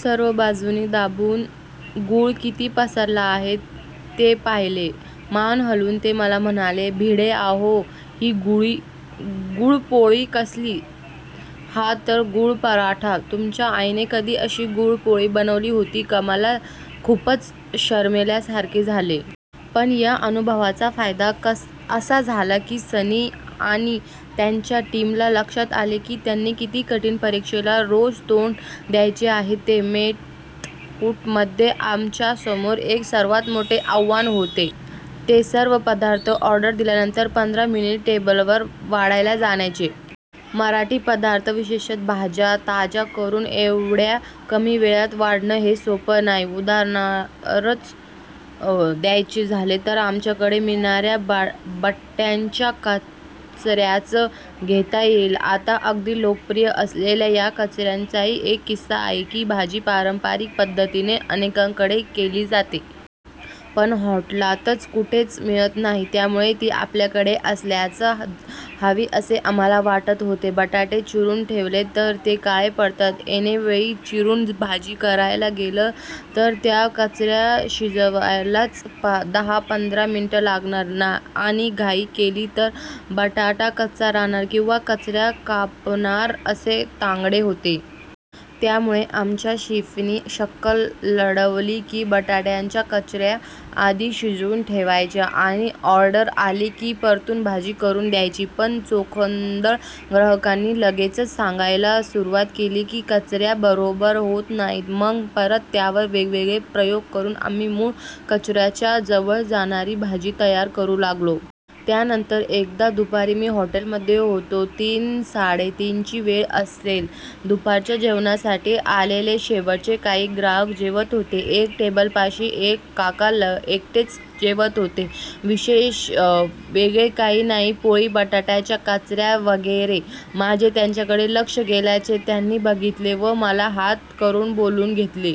सर्व बाजूनी दाबून गूळ किती पसरला आहे ते पाहिले. मान हलवून ते मला म्हणाले, भिडे, आहो ही गूळपोळी कसली? हा तर गूळपराठा! तुमच्या आईने कधी अशी गूळपोळी बनवली होती का? मला खूपच शरमल्यासारखे झाले. पण या अनुभवाचा फायदा असा झाला की सनी आणि त्याच्या टीमला लक्षात आले की त्यांना किती कठीण परीक्षेला रोज तोंड द्यायचे आहे ते. मेतकूटमध्ये आमच्यासमोर एक सर्वात मोठे आव्हान होते ते सर्व पदार्थ ऑर्डर दिल्यानंतर पंधरा मिनिटात टेबलवर वाढले जाण्याचे. मराठी पदार्थ, विशेषतः भाज्या, ताज्या करून एवढ्या कमी वेळात वाढणं हे सोपं नाही. उदाहरणच घ्यायचं झालं तर आमच्याकडे मिळणाऱ्या बटाट्याच्या काचऱ्यांचं घेता येईल. आता अगदी लोकप्रिय असलेल्या या काचऱ्यांचाही एक किस्सा आहे. ही भाजी पारंपरिक पद्धतीने अनेकांकडे केली जाते. पण हॉटेलात कुठेच मिळत नाही. त्यामुळे ती आपल्याकडे असायलाच हवी असे आम्हाला वाटत होते. बटाटे चिरून ठेवले तर ते काळे पडतात. ऐनवेळी चिरून भाजी करायला गेलं तर त्या काचऱ्या शिजायलाच दहापंधरा मिनिटं लागणार आणि घाई केली तर बटाटा कच्चा राहणार किंवा काचऱ्या करपणार असे त्रांगडे होते. त्यामुळे आमच्या शेफनी शक्कल लढवली की बटाट्याच्या काचऱ्या आधी शिजवूनच ठेवायच्या आणि ऑर्डर आली की परतून भाजी करून द्यायची. पण चोखंदळ ग्राहकांनी लगेचच सांगायला सुरुवात केली की काचऱ्या बरोबर होत नाहीत. मग परत त्यावर वेगवेगळे प्रयोग करून आम्ही मूळ काचऱ्यांच्या जवळ जाणारी भाजी तयार करू लागलो. त्यानंतर एकदा दुपारी मी हॉटेलमधे होतो. तीनसाडेतीनची वेळ असेल. दुपारच्या जेवणासाठी आलेले शेवटचे काही ग्राहक जेवत होते. एका टेबलपाशी एक काका एकटेच जेवत होते. विशेष वेगळे काही नाही. पोळी, बटाट्याच्या काचऱ्या वगैरे. माझे त्यांच्याकडे लक्ष गेल्याचे त्यांनी बघितले व मला हात करून बोलावून घेतले.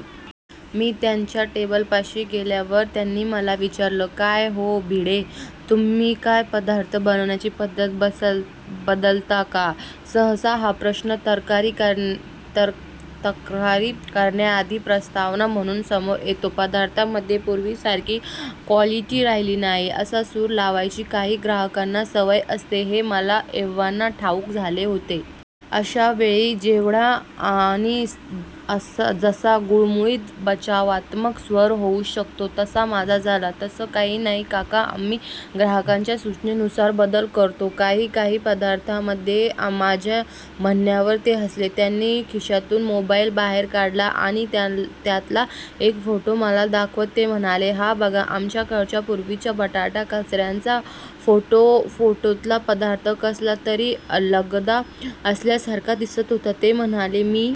मी त्यांच्या टेबलपाशी गेल्यावर त्यांनी मला विचारलं, काय हो भिडे, तुम्ही काय पदार्थ बनवण्याची पद्धत बदलता का? सहसा हा प्रश्न तक्रारी करण्याआधी प्रस्तावना म्हणून समोर येतो. 'पदार्थांमधे पुर्वीसारखी क्वालिटी राहीली नाही' असा सूर लावायची काही ग्राहकांना सवय असते हे मला एव्हाना ठाऊक झाले होते. अशावेळी जेवढा आणि जसा गुळमुळीत बचावात्मक स्वर होऊ शकतो तसा माझा झाला. तसं काही नाही काकाआम्ही ग्राहकाच्या सुचनेनुसार बदल करतो काही काही पदार्थांमधेया माझ्या म्हणण्यावर ते हसले. त्यांनी खिशातून मोबाईल बाहेर काढला आणि त्यातला एक फोटो मला दाखवत ते म्हणाले, हा बघा तुमच्याकडच्या पूर्वीच्या बटाटा काचऱ्यांचा फोटोफोटोतला पदार्थ कसला तरी लगदा असल्यासारखा दिसत होता. ते म्हणाले, मी